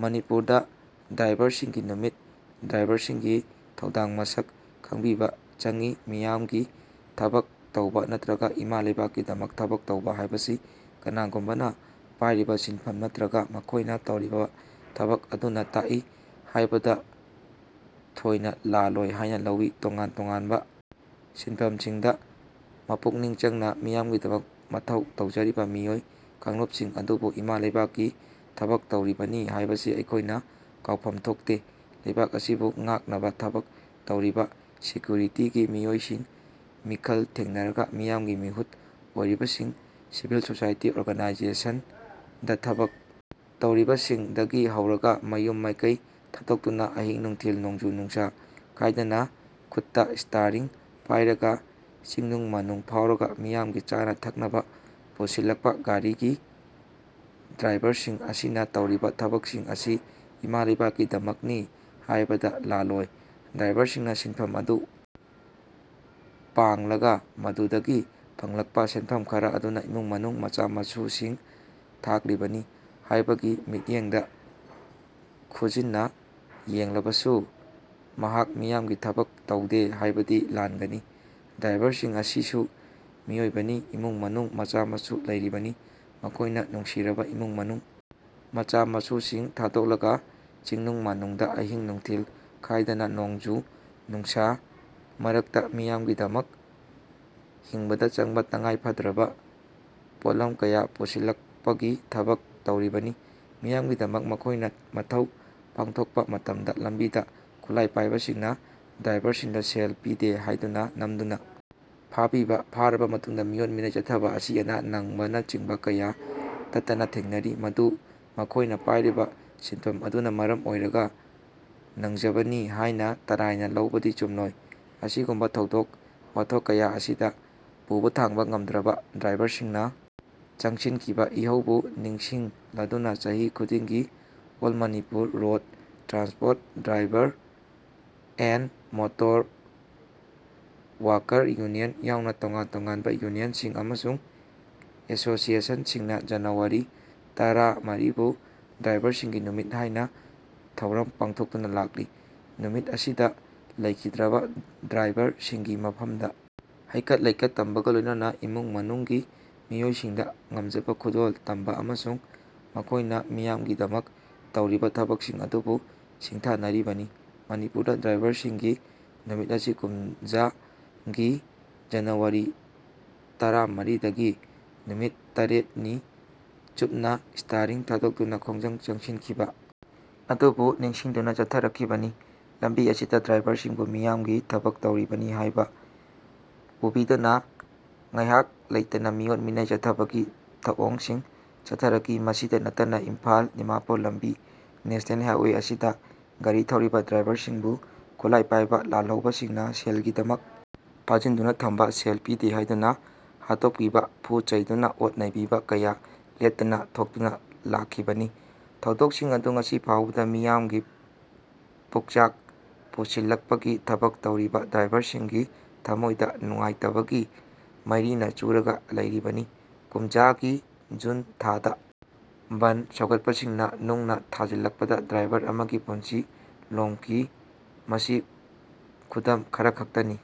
ꯃꯅꯤꯄꯨꯔꯗ ꯗ꯭ꯔꯥꯏꯚꯔꯁꯤꯡꯒꯤ ꯅꯨꯃꯤꯠ ꯗ꯭ꯔꯥꯏꯚꯔꯁꯤꯡꯒꯤ ꯊꯧꯗꯥꯡ ꯃꯁꯛ ꯈꯪꯕꯤꯕ ꯆꯪꯏ ꯃꯤꯌꯥꯝꯒꯤ ꯊꯕꯛ ꯇꯧꯕ ꯅꯠꯇ꯭ꯔꯒ ꯏꯃꯥ ꯂꯩꯕꯥꯛꯀꯤꯗꯃꯛ ꯊꯕꯛ ꯇꯧꯕ ꯍꯥꯏꯕꯁꯤ ꯀꯅꯥꯒꯨꯝꯕꯅ ꯄꯥꯏꯔꯤꯕ ꯁꯤꯟꯐꯝ ꯅꯠꯇ꯭ꯔꯒ ꯃꯈꯣꯏꯅ ꯇꯧꯔꯤꯕ ꯊꯕꯛ ꯑꯗꯨꯅ ꯇꯥꯛꯏ ꯍꯥꯏꯕꯗ ꯊꯣꯏꯅ ꯂꯥꯜꯂꯣꯏ ꯍꯥꯏꯅ ꯂꯧꯏ꯫ ꯇꯣꯉꯥꯟ ꯇꯣꯉꯥꯟꯕ ꯁꯤꯟꯐꯝꯁꯤꯡꯗ ꯃꯄꯨꯛꯅꯤꯡ ꯆꯪꯅ ꯃꯤꯌꯥꯝꯒꯤꯗꯃꯛ ꯃꯊꯧ ꯇꯧꯖꯔꯤꯕ ꯃꯤꯑꯣꯏ ꯀꯥꯡꯂꯨꯞꯁꯤꯡ ꯑꯗꯨꯕꯨ ꯏꯃꯥ ꯂꯩꯕꯥꯛꯀꯤ ꯊꯕꯛ ꯇꯧꯔꯤꯕꯅꯤ ꯍꯥꯏꯕꯁꯤ ꯑꯩꯈꯣꯏꯅ ꯀꯥꯎꯐꯝ ꯊꯣꯛꯇꯦ꯫ ꯂꯩꯕꯥꯛ ꯑꯁꯤꯕꯨ ꯉꯥꯛꯅꯕ ꯊꯕꯛ ꯇꯧꯔꯤꯕ ꯁꯦꯀ꯭ꯌꯨꯔꯤꯇꯤꯒꯤ ꯃꯤꯑꯣꯏꯁꯤꯡ, ꯃꯤꯈꯜ ꯊꯦꯅꯔꯒ ꯃꯤꯌꯥꯝꯒꯤ ꯃꯤꯍꯨꯠ ꯑꯣꯏꯔꯤꯕꯁꯤꯡ, ꯁꯤꯚꯤꯜ ꯁꯣꯁꯥꯏꯇꯤ ꯑꯣꯔꯒꯅꯥꯏꯖꯦꯁꯟꯗ ꯊꯕꯛ ꯇꯧꯔꯤꯕꯁꯤꯡꯗꯒꯤ ꯍꯧꯔꯒ ꯃꯌꯨꯝ ꯃꯀꯩ ꯊꯥꯗꯣꯛꯇꯨꯅ ꯑꯍꯤꯡ ꯅꯨꯡꯊꯤꯜ, ꯅꯣꯡꯖꯨ ꯅꯨꯡꯁ ꯈꯥꯏꯗꯅ ꯈꯨꯠꯇ ꯁ꯭ꯇꯤꯌꯥꯔꯤꯡ ꯄꯥꯏꯔꯒ ꯆꯤꯡꯅꯨꯡ ꯃꯥꯅꯨꯡ ꯐꯥꯎꯔꯒ ꯃꯤꯌꯥꯝꯒꯤ ꯆꯥꯅ ꯊꯛꯅꯕꯥ ꯄꯨꯁꯤꯜꯂꯛꯄ ꯒꯥꯔꯤꯒꯤ ꯗ꯭ꯔꯥꯚꯔꯁꯤꯡ ꯑꯁꯤꯅ ꯇꯧꯔꯤꯕ ꯊꯕꯛꯁꯤꯡ ꯑꯁꯤ ꯏꯃꯥ ꯂꯩꯕꯥꯛꯀꯤꯗꯃꯛꯅꯤ ꯍꯥꯏꯕꯗ ꯂꯥꯜꯂꯣꯏ꯫ ꯗ꯭ꯔꯥꯚꯔꯁꯤꯡꯅ ꯁꯤꯟꯐꯝ ꯑꯗꯨ ꯄꯥꯡꯂꯒ ꯃꯗꯨꯗꯒꯤ ꯐꯪꯂꯛꯄ ꯁꯦꯟꯐꯝ ꯈꯔ ꯑꯗꯨꯅ ꯏꯃꯨꯡ ꯃꯅꯨꯡ ꯃꯆꯥ ꯃꯁꯨꯁꯤꯡ ꯊꯥꯛꯂꯤꯕꯅꯤ ꯍꯥꯏꯕꯒꯤ ꯃꯤꯠꯌꯦꯡꯗ ꯈꯨꯖꯤꯟꯅ ꯌꯦꯡꯂꯕꯁꯨ ꯃꯍꯥꯛ ꯃꯤꯌꯥꯝꯒꯤ ꯊꯕꯛ ꯇꯧꯗꯦ ꯍꯥꯏꯕꯗꯤ ꯂꯥꯟꯒꯅꯤ꯫ ꯗ꯭ꯔꯥꯏꯚꯔꯁꯤꯡ ꯑꯁꯤꯁꯨ ꯃꯤꯑꯣꯏꯕꯅꯤ ꯏꯃꯨꯡ ꯃꯅꯨꯡ ꯃꯆꯥ ꯃꯁꯨ ꯂꯩꯔꯤꯕꯅꯤ꯫ ꯃꯈꯣꯏꯅ ꯅꯨꯡꯁꯤꯔꯕ ꯏꯃꯨꯡ ꯃꯅꯨꯡ, ꯃꯆꯥ ꯃꯁꯨꯁꯤꯡ ꯊꯥꯗꯣꯛꯂꯒ ꯆꯤꯡꯅꯨꯡ ꯃꯥꯅꯨꯡꯗ ꯑꯍꯤꯡ ꯅꯨꯡꯊꯤꯜ ꯈꯥꯏꯗꯅ ꯅꯣꯡꯖꯨ ꯅꯨꯡꯁꯥ ꯃꯔꯛꯇ ꯃꯤꯌꯥꯝꯒꯤꯗꯃꯛ ꯍꯤꯡꯕꯗ ꯆꯪꯕ ꯇꯉꯥꯏꯐꯗ꯭ꯔꯕ ꯄꯣꯠꯂꯝ ꯀꯌꯥ ꯄꯨꯁꯤꯜꯂꯛꯄꯒꯤ ꯊꯕꯛ ꯇꯧꯔꯤꯕꯅꯤ꯫ ꯃꯤꯌꯥꯝꯒꯤꯗꯃꯛ ꯃꯈꯣꯏꯅ ꯃꯊꯧ ꯄꯥꯡꯊꯣꯛꯄ ꯃꯇꯝꯗ ꯂꯝꯕꯤꯗ ꯈꯨꯠꯂꯥꯏ ꯄꯥꯏꯕꯁꯤꯡꯅ ꯗ꯭ꯔꯥꯏꯚꯔꯁꯤꯡꯗ ꯁꯦꯜ ꯄꯤꯗꯦ ꯍꯥꯏꯗꯨꯅ ꯅꯝꯗꯨꯅ ꯐꯥꯕꯤꯕ, ꯐꯥꯔꯕ ꯃꯇꯨꯡꯗ ꯃꯤꯑꯣꯠ ꯃꯤꯅꯩ ꯆꯠꯊꯕ ꯑꯁꯤ ꯑꯅꯥ ꯅꯪꯕꯅꯆꯤꯡꯕ ꯀꯌꯥ ꯇꯠꯇꯅ ꯊꯦꯡꯅꯔꯤ꯫ ꯃꯗꯨ ꯃꯈꯣꯏꯅ ꯄꯥꯏꯔꯤꯕ ꯁꯤꯟꯐꯝ ꯑꯗꯨꯅ ꯃꯔꯝ ꯑꯣꯏꯔꯒ ꯅꯪꯖꯕꯅꯤ ꯍꯥꯏꯅ ꯇꯔꯥꯏꯅ ꯂꯧꯕꯗꯤ ꯆꯨꯝꯂꯣꯏ꯫ ꯑꯁꯤꯒꯨꯝꯕ ꯊꯧꯗꯣꯛ ꯋꯥꯊꯣꯛ ꯀꯌꯥ ꯑꯁꯤꯗ ꯄꯨꯕ ꯊꯥꯡꯕ ꯉꯝꯗ꯭ꯔꯕ ꯗ꯭ꯔꯥꯏꯚꯔꯁꯤꯡꯅ ꯆꯪꯁꯤꯟꯈꯤꯕ ꯏꯍꯧꯕꯨ ꯅꯤꯡꯁꯤꯡꯂꯗꯨꯅ ꯆꯍꯤ ꯈꯨꯗꯤꯡꯒꯤ all Manipur road transport drivers and motor worker union ꯌꯥꯎꯅ ꯇꯣꯉꯥꯟ ꯇꯣꯉꯥꯟꯕ ꯌꯨꯅꯤꯌꯟꯁꯤꯡ ꯑꯃꯁꯨꯡ ꯑꯦꯁꯣꯁꯤꯌꯦꯁꯟꯁꯤꯡꯅ ꯖꯅꯨꯋꯥꯔꯤ ꯇꯔꯥꯃꯔꯤꯕꯨ ꯗ꯭ꯔꯥꯏꯚꯔꯁꯤꯡꯒꯤ ꯅꯨꯃꯤꯠ ꯍꯥꯏꯅ ꯊꯧꯔꯝ ꯄꯥꯡꯊꯣꯛꯇꯨꯅ ꯂꯥꯛꯂꯤ꯫ ꯅꯨꯃꯤꯠ ꯑꯁꯤꯗ ꯂꯩꯈꯤꯗ꯭ꯔꯕ ꯗ꯭ꯔꯥꯏꯚꯔꯁꯤꯡꯒꯤ ꯃꯐꯝꯗ ꯍꯩꯀꯠ ꯂꯩꯀꯠ ꯇꯝꯕꯒ ꯂꯣꯏꯅꯅ ꯏꯃꯨꯡ ꯃꯅꯨꯡꯒꯤ ꯃꯤꯑꯣꯏꯁꯤꯡꯗ ꯉꯝꯖꯕ ꯈꯨꯗꯣꯜ ꯇꯝꯕ ꯑꯃꯁꯨꯡ ꯃꯈꯣꯏꯅ ꯃꯤꯌꯥꯝꯒꯤꯗꯃꯛ ꯇꯧꯔꯤꯕ ꯊꯕꯛꯁꯤꯡ ꯑꯗꯨꯕꯨ ꯁꯤꯡꯊꯥꯅꯔꯤꯕꯅꯤ꯫ ꯃꯅꯤꯄꯨꯔꯗ ꯗ꯭ꯔꯥꯏꯚꯔꯁꯤꯡꯒꯤ ꯅꯨꯃꯤꯠ ꯑꯁꯤ ꯀꯨꯝꯖ ꯒꯤ ꯖꯅꯨꯋꯥꯔꯤ ꯇꯔꯥꯃꯔꯤꯗꯒꯤ ꯅꯨꯃꯤꯠ ꯇꯥꯔꯦꯠ ꯅꯤ ꯆꯨꯞꯅ ꯁ꯭ꯇꯤꯌꯥꯔꯤꯡ ꯊꯥꯗꯣꯛꯇꯨꯅ ꯈꯣꯡꯖꯪ ꯆꯪꯁꯤꯟꯈꯤꯕ ꯑꯗꯨꯕꯨ ꯅꯤꯡꯁꯤꯡꯗꯨꯅ ꯆꯠꯊꯔꯛꯈꯤꯕꯅꯤ꯫ ꯂꯝꯕꯤ ꯑꯁꯤꯗ ꯗ꯭ꯔꯥꯏꯚꯔꯁꯤꯡꯕꯨ ꯃꯤꯌꯥꯝꯒꯤ ꯊꯕꯛ ꯇꯧꯔꯤꯕꯅꯤ ꯍꯥꯏꯕ ꯎꯕꯤꯗꯅ ꯉꯥꯏꯍꯥꯛ ꯂꯩꯇꯅ ꯃꯤꯑꯣꯠ ꯃꯤꯅꯩ ꯆꯠꯊꯕꯒꯤ ꯊꯧꯑꯣꯡꯁꯤꯡ ꯆꯠꯊꯔꯛꯈꯤ꯫ ꯃꯁꯤꯗ ꯅꯠꯇꯅ ꯏꯝꯐꯥꯜ ꯗꯤꯃꯥꯄꯨꯔ ꯂꯝꯕꯤ ꯅꯦꯁꯅꯦꯜ ꯍꯥꯏꯋꯦ ꯑꯁꯤꯗ ꯒꯥꯔꯤ ꯊꯧꯔꯤꯕ ꯗ꯭ꯔꯥꯏꯚꯔꯁꯤꯡꯕꯨ ꯈꯨꯠꯂꯥꯏ ꯄꯥꯏꯕ ꯂꯥꯜꯍꯧꯕꯁꯤꯡꯅ ꯁꯦꯜꯒꯤꯗꯃꯛ ꯐꯥꯖꯤꯟꯗꯨꯅ ꯊꯝꯕ ꯁꯦꯜ ꯄꯤꯗꯦ ꯍꯥꯏꯗꯨꯅ ꯍꯥꯠꯇꯣꯛꯄꯤꯕ ꯐꯨ ꯆꯩꯗꯨꯅ ꯑꯣꯠ ꯅꯩꯕꯤꯕ ꯀꯌ ꯂꯦꯞꯇꯅ ꯊꯣꯛꯇꯨꯅ ꯂꯥꯛꯈꯤꯕꯅꯤ꯫ ꯊꯧꯗꯣꯛꯁꯤꯡ ꯑꯗꯨ ꯉꯁꯤ ꯐꯥꯎꯕꯗ ꯃꯤꯌꯥꯝꯒꯤ ꯄꯨꯛꯆꯥꯛ ꯄꯨꯁꯤꯜꯂꯛꯄꯒꯤ ꯊꯕꯛ ꯇꯧꯔꯤꯕ ꯗ꯭ꯔꯥꯏꯚꯔꯁꯤꯡꯒꯤ ꯊꯝꯃꯣꯏꯗ ꯅꯨꯡꯉꯥꯏꯇꯕꯒꯤ ꯃꯩꯔꯤꯅ ꯆꯨꯔꯒ ꯂꯩꯔꯤꯕꯅꯤ꯫ ꯀꯨꯝꯖ ꯒꯤ ꯖꯨꯟ ꯊꯥꯗꯥ ꯕꯟꯗ ꯁꯧꯒꯠꯄꯁꯤꯡꯅ ꯅꯨꯡꯅ ꯊꯥꯖꯤꯟꯂꯛꯄꯗ ꯗ꯭ꯔꯥꯏꯚꯔ ꯑꯃꯒꯤ ꯄꯨꯟꯁꯤ ꯂꯣꯝꯈꯤ꯫ ꯃꯁꯤ ꯈꯨꯗꯝ ꯈꯔꯈꯛꯇꯅꯤ꯫